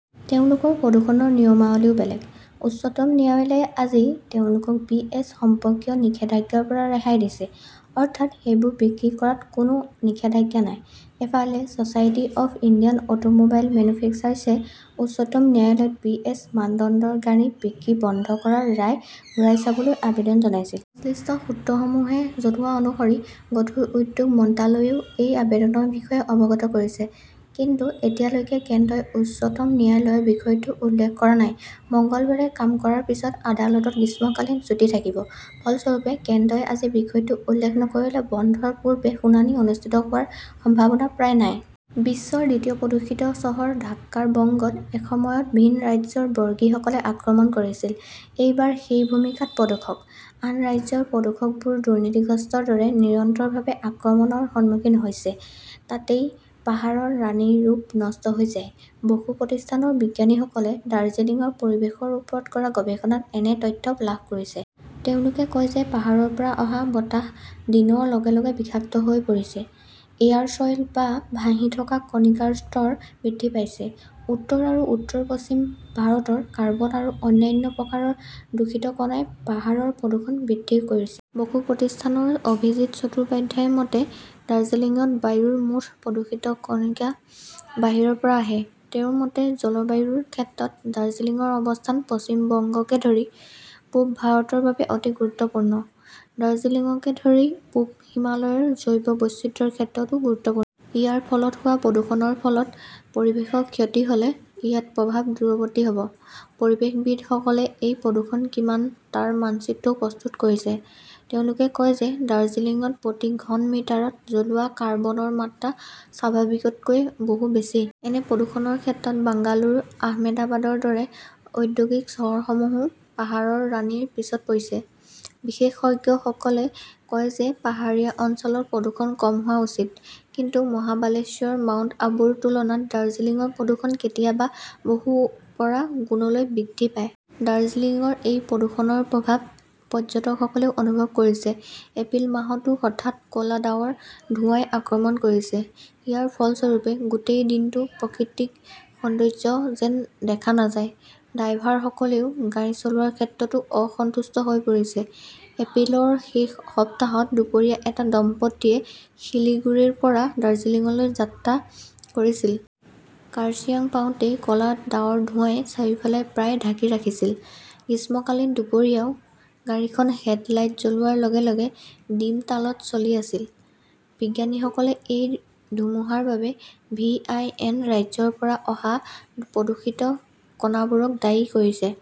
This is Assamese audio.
তেওঁলোকৰ প্ৰদূষণৰ নিয়মাৱলীও বেলেগ। উচ্চতম ন্যায়ালয়ে আজি তেওঁলোকক বি. এছ. সম্পৰ্কীয় নিৰ্দেশৰ পৰা ৰেহাই দিছে। অৰ্থাৎ, সেইবোৰ বিক্ৰী কৰাত কোনো নিষেধাজ্ঞা নাই। ইফালে, ছচাইটি অৱ ইণ্ডিয়ান অটোমোবাইল মেনুফেক্সাৰ্ছে উচ্চতম ন্যায়ালয়ত বি. এছ. মানদণ্ডৰ গাড়ী বিক্ৰী বন্ধ কৰাৰ ৰায় ঘূৰাই চাবলৈ আবেদন জনাইছিল। সংশ্লিষ্ট সূত্ৰসমূহে জনোৱা অনুসৰি গধুৰ উদ্যোগ মন্ত্ৰালয়েও এই আবেদনৰ বিষয়ে অৱগত কৰিছে। কিন্তু এতিয়ালৈকে কেন্দ্ৰই উচ্চতম ন্যায়ালয়ত বিষয়টো উল্লেখ কৰা নাই। মঙলবাৰে কাম কৰাৰ পিছত আদালতত গ্ৰীষ্মকালীন ছুটী থাকিব। ফলস্বৰূপে, কেন্দ্ৰই আজি বিষয়টো উল্লেখ নকৰিলে বন্ধৰ পূৰ্বে শুনানি অনুষ্ঠিত হোৱাৰ সম্ভাৱনা প্ৰায় নাই। বিশ্বৰ দ্বিতীয় প্ৰদূষিত চহৰ ঢাকা বংগত এসময়ত ভিন ৰাজ্যৰ বৰ্গীসকলে আক্ৰমণ কৰিছিল। এইবাৰ সেই ভূমিকাত প্ৰদূষক। আন ৰাজ্যৰ প্ৰদূষকবোৰ দুৰ্নীতিগ্ৰস্তৰ দৰে নিৰন্তৰভাৱে আক্ৰমণৰ সন্মুখীন হৈছে! তাতেই পাহাৰৰ ৰাণীৰ ৰূপ নষ্ট হৈ যায়। বসু প্ৰতিষ্ঠানৰ বিজ্ঞানীসকলে দাৰ্জিলিংৰ পৰিৱেশৰ ওপৰত কৰা গৱেষণাত এনে তথ্য লাভ কৰিছে। তেওঁলোকে কয় যে পাহাৰৰ পৰা অহা বতাহ দিনৰ লগে লগে বিষাক্ত হৈ পৰিছে। এয়াৰ ছইল বা ভাহি থকা কণিকাৰ স্তৰ বৃদ্ধি পাইছে। উত্তৰ আৰু উত্তৰ-পশ্চিম ভাৰতৰ কাৰ্বন আৰু অন্যান্য প্ৰকাৰৰ প্ৰদূষিত কণাই পাহাৰৰ প্ৰদূষণ বৃদ্ধি কৰিছে। বসু প্ৰতিষ্ঠানৰ অভিজিৎ চট্টোপাধ্যায়ৰ মতে, দাৰ্জিলিংত বায়ুৰ মুঠ প্ৰদূষিত কণিকা বাহিৰৰ পৰা আহে। তেওঁৰ মতে, জলবায়ুৰ ক্ষেত্ৰত দাৰ্জিলিংৰ অৱস্থান পশ্চিম বংগকে ধৰি পূব ভাৰতৰ বাবে অতি গুৰুত্বপূৰ্ণ। দাৰ্জিলিংকে ধৰি পূব হিমালয় জৈৱ বৈচিত্ৰ্যৰ ক্ষেত্ৰতো গুৰুত্বপূৰ্ণ। ইয়াৰ ফলত হোৱা প্ৰদূষণৰ ফলত পৰিৱেশৰ ক্ষতি হলে ইয়াৰ প্ৰভাৱ দূৰৱৰ্তী হব। পৰিৱেশবিদ সকলে এই প্ৰদূষণ কিমান তাৰ মানচিত্ৰও প্ৰস্তুত কৰিছে। তেওঁলোকে কয় যে ডাৰ্জিলিংত প্ৰতি ঘন মিটাৰত জ্বলোৱা কাৰ্বনৰ মাত্ৰা স্বাভাৱিকতকৈ বহু বেছি। এনে প্ৰদূষণৰ ক্ষেত্ৰত বেংগালুৰু, আহমেদাবাদৰ দৰে ঔদ্যোগিক চহৰসমূহেও পাহাৰৰ ৰাণীৰ পিছত পৰিছে। বিশেষজ্ঞসকলে কয় যে পাহাৰীয়া অঞ্চলত প্ৰদূষণ কম হোৱা উচিত। কিন্তু মহাবলেশ্বৰ, মাউণ্ট আবুৰ তুলনাত দাৰ্জিলিংৰ প্ৰদূষণ কেতিয়াবা বহু পৰা গুণলৈ বৃদ্ধি পাই। দৰ্জিলিংৰ এই প্ৰদূষণৰ প্ৰভাৱ পৰ্যটকসকলেও অনুভৱ কৰিছে। এপ্ৰিল মাহতও হঠাতে ক 'লা ডাৱৰ, ধোঁৱাই আক্ৰমণ কৰিছে। ইয়াৰ ফলস্বৰূপে, গোটেই দিনটো প্ৰকৃতিৰ সৌন্দৰ্য্য যেন দেখা নাযায়। ড্ৰাইভাৰসকলে গাড়ী চলোৱাৰ ক্ষেত্ৰতো অসন্তুষ্ট হৈ পৰিছে। এপ্ৰিলৰ শেষ সপ্তাহত দুপৰীয়া এটা দম্পতীয়ে শিলিগুৰিৰ পৰা দাৰ্জিলিংলৈ যাত্ৰা কৰিছিল। কাৰ্চিয়াং পাওতেই ক 'লা ডাৱৰ-ধোঁৱাই চাৰিওফালে প্ৰায় ঢাকি ৰাখিছিল! গ্ৰীষ্মকালীন দুপৰীয়াও গাড়ীখন হেডলাইট জ্বলোৱাৰ লগে লগে দিমতালত চলি আছিল। বিজ্ঞানীসকলে এই ধুমুহাৰ বাবে ভি. আই. এন. ৰাজ্যৰ পৰা অহা প্ৰদূষিত কণাবোৰক দায়ী কৰিছে।